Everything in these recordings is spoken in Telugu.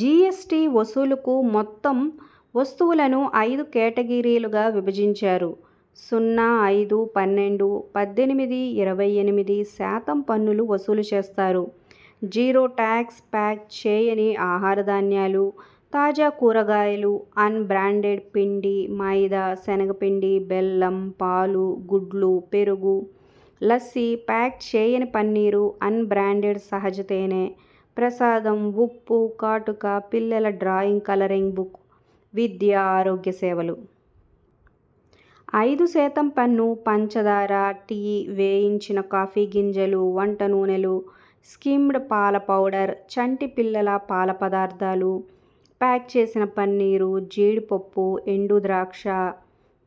జీఎస్టీ వసూలుకు మొత్తం వస్తువులను ఐదు కేటగిరీలుగా విభజించారు. సున్నా, ఐదు, పన్నెండు, పద్దెనిమిది, ఇరవై ఎనిమిది శాతం పన్నులు వసూలు చేస్తారు. జీరో టాక్స్ ప్యాక్ చేయని ఆహార ధాన్యాలు, తాజా కూరగాయలు, అన్ బ్రాండెడ్ పిండి, మైదా, శనగపిండి, బెల్లం, పాలు, గుడ్లు, పెరుగు, లస్సీ, ప్యాక్ చేయని పన్నీరు, అన్ బ్రాండెడ్ సహజ తేనె, ప్రసాదం, ఉప్పు, కాటుక, పిల్లల డ్రాయింగ్ కలరింగ్ బుక్, విద్య, ఆరోగ్య సేవలు. ఐదు శాతం పన్ను పంచాదార, టీ, వేయించిన కాఫీ గింజలు, వంట నూనెలు, స్కిమ్డ్ పాల పౌడర్, చంటి పిల్లల పాల పదార్థాలు, ప్యాక్ చేసిన పన్నీరు, జీడి పప్పు, ఎండు ద్రాక్ష,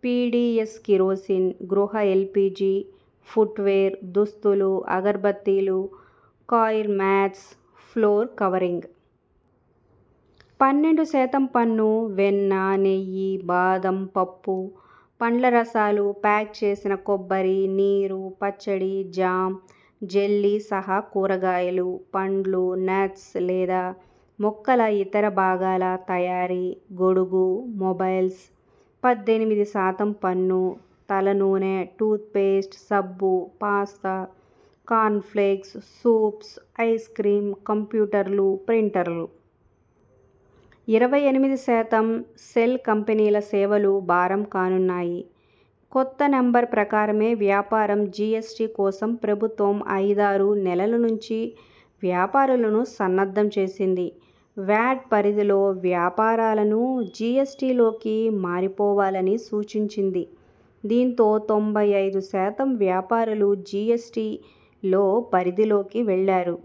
పీడీఎస్ కిరోసిన్, గృహ ఎల్పీజీ, ఫుట్వేర్, దుస్తులు, అగర్బత్తీలు, కాయిర్ మ్యాట్స్, ఫ్లోర్ కవరింగ్. పన్నెండు శాతం పన్ను.. వెన్న, నెయ్యి, బాదం పప్పు, పండ్లరసాలు, ప్యాక్ చేసిన కొబ్బరి నీరు, పచ్చడి, జామ్, జెల్లీ సహా కూరగాయలు, పండ్లు, నట్స్ లేదా మొక్కల ఇతర భాగాల తయారీ, గొడుగు, మొబైల్స్. పద్దెనిమిది శాతం పన్ను.. తలనూనె, టూత్ పేస్ట్, సబ్బు, pasta, corn flakes, soups, ice cream, కంప్యూటర్లు, ప్రింటర్లు. ఇరవై ఎనిమిది శాతం.. సెల్ కంపెనీల సేవలు భారం కానున్నాయి. కొత్త నంబర్ ప్రకారమే వ్యాపారం జీఎస్టీ కోసం ప్రభుత్వం ఐదారు నెలల నుంచి వ్యాపారులను సన్నద్ధం చేసింది. వ్యాట్ పరిధిలో వ్యాపారులను జీఎస్టీలోకి మారిపోవాలని సూచించింది. దీంతో తొంభై ఐదు శాతం వ్యాపారులు జీఎస్టీలో పరిధిలోకి వెళ్లారు.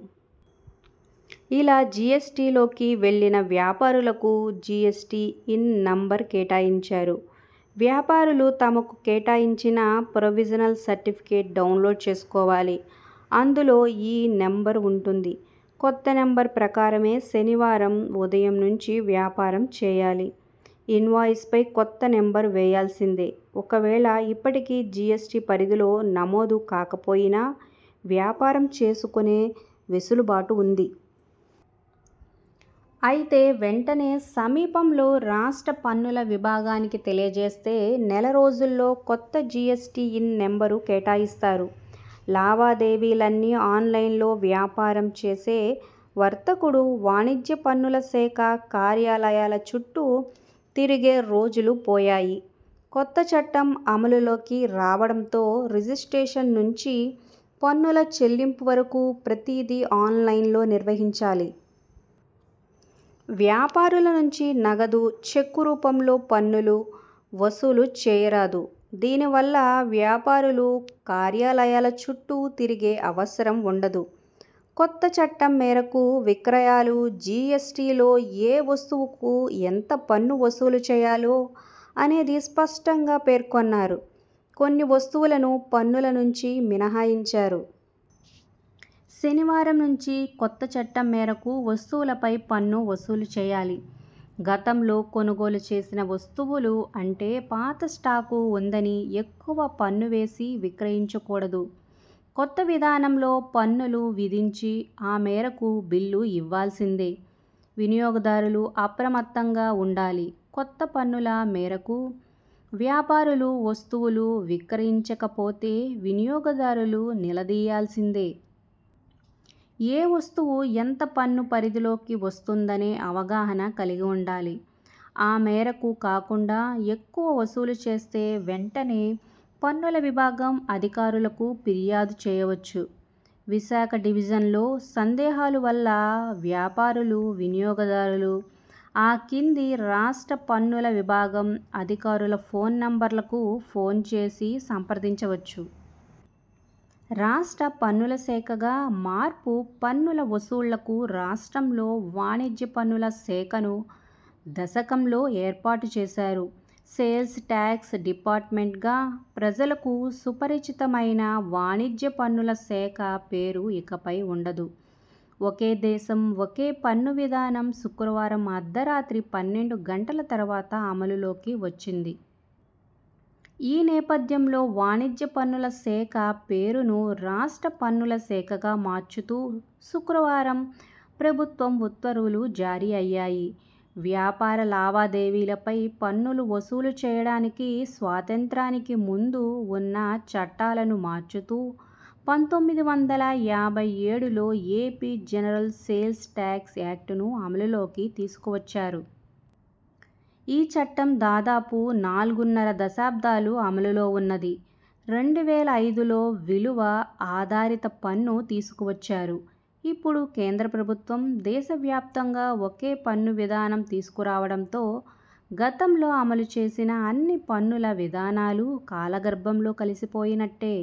ఇలా జీఎస్టీలోకి వెళ్లిన వ్యాపారులకు జీఎస్టీ ఇన్ నంబర్ కేటాయించారు. వ్యాపారులు తమకు కేటాయించిన ప్రొవిజినల్ సర్టిఫికెట్ డౌన్లోడ్ చేసుకోవాలి. అందులో ఈ నంబర్ వుంటుంది. కొత్త నంబర్ ప్రకారమే శనివారం ఉదయం నుంచి వ్యాపారం చేయాలి. ఇన్వాయిస్ పై కొత్త నంబర్ వేయాల్సిందే. ఒకవేళ ఇప్పటికీ జీఎస్టీ పరిధిలో నమోదు కాకపోయినా వ్యాపారం చేసుకునే వెసులుబాటు వుంది. అయితే వెంటనే సమీపంలో రాష్ట్ర పన్నుల విభాగానికి తెలియజేస్తే నెల రోజుల్లో కొత్త జీఎస్టీ ఇన్ నంబరు కేటాయిస్తారు. లావాదేవీలన్నీ ఆన్లైన్లోవ్యాపారం చేసే వర్తకుడు వాణిజ్య పన్నుల శాఖ కార్యాలయాల చుట్టూ తిరిగే రోజులు పోయాయి. కొత్తచట్టం అమలులోకి రావడంతో రిజిస్ట్రేషన్ నుంచి పన్నుల చెల్లింపు వరకు ప్రతిదీ ఆన్లైన్లో నిర్వహించాలి. వ్యాపారుల నుంచి నగదు, చెక్కు రూపంలో పన్నులు వసూలు చేయరాదు. దీని వల్ల వ్యాపారులు కార్యాలయాల చుట్టూ తిరిగే అవసరం వుండదు. కొత్త చట్టం మేరకు విక్రయాలు జీఎస్టీలో ఏ వస్తువుకు ఎంత పన్ను వసూలు చేయాలో అనేది స్పష్టంగా పేర్కొన్నారు. కొన్ని వస్తువులను పన్నుల నుంచి మినహాయించారు. శనివారం నుంచి కొత్త చట్టం మేరకు వస్తువులపై పన్ను వసూలుచేయాలి. గతంలో కొనుగోలు చేసిన వస్తువులు అంటే పాత స్టాకు వుందని ఎక్కువ పన్ను వేసి విక్రయించకూడదు. కొత్త విధానంలో పన్నులు విధించి ఆ మేరకు బిల్లు ఇవ్వాల్సిందే. వినియోగదారులు అప్రమత్తంగా వుండాలికొత్త పన్నుల మేరకు వ్యాపారులు వస్తువులు విక్రయించకపోతే వినియోగదారులు నిలదీయాల్సిందే. ఏ వస్తువు ఎంత పన్ను పరిధిలోకి వస్తుందనే అవగాహన కలిగి వుండాలి. ఆ మేరకు కాకుండా ఎక్కువ వసూలు చేస్తే వెంటనే పన్నుల విభాగం అధికారులకు ఫిర్యాదు చేయవచ్చు. విశాఖ డివిజన్లో సందేహాలు వల్ల వ్యాపారులు, వినియోగదారులు ఆ కింది రాష్ట్ర పన్నుల విభాగం అధికారుల ఫోన్ నంబర్లకు ఫోన్ చేసి సంప్రదించవచ్చు. రాష్ట్ర పన్నుల శాఖగా మార్పు పన్నుల వసూళ్లకు రాష్ట్రంలో వాణిజ్య పన్నుల శాఖను దశకంలో ఏర్పాటుచేశారు. సేల్స్ ట్యాక్స్ డిపార్టుమెంట్గా ప్రజలకు సుపరిచితమైన వాణిజ్య పన్నుల శాఖ పేరు ఇకపై వుండదు. ఒకే దేశం.. ఒకే పన్ను విధానం శుక్రవారం అర్ధరాత్రి పన్నెండు గంటల తరువాత అమలులోకి వచ్చిది. ఈ నేపథ్యంలో వాణిజ్య పన్నుల శాఖ పేరును రాష్ట్ర పన్నుల శాఖగా మార్చుతూ శుక్రవారం ప్రభుత్వం ఉత్తర్వులు జారీ అయ్యాయి. వ్యాపార లావాదేవీల పై పన్నులు వసూలు చేయడానికి స్వాతంత్ర్యానికి ముందు వున్న చట్టాలను మార్చుతూ పంతొమ్మిది వందల యాభై ఏడులో ఏపీ జనరల్ సేల్స్ టాక్స్ యాక్టును అమలులోకి తీసుకువచ్చారు. ఈ చట్టం దాదాపు నాలుగున్నర దశాబ్దాలు అమలులో వున్నది. రెండు వేల ఐదులో విలువ ఆధారితపన్ను తీసుకువచ్చారు. ఇప్పుడు కేంద్ర ప్రభుత్వం దేశవ్యాప్తంగా ఒకే పన్ను విధానం తీసుకురావడంతో గతంలో అమలు చేసిన అన్ని పన్నుల విధానాలు కాలగర్భంలో కలిసిపోయినట్టే.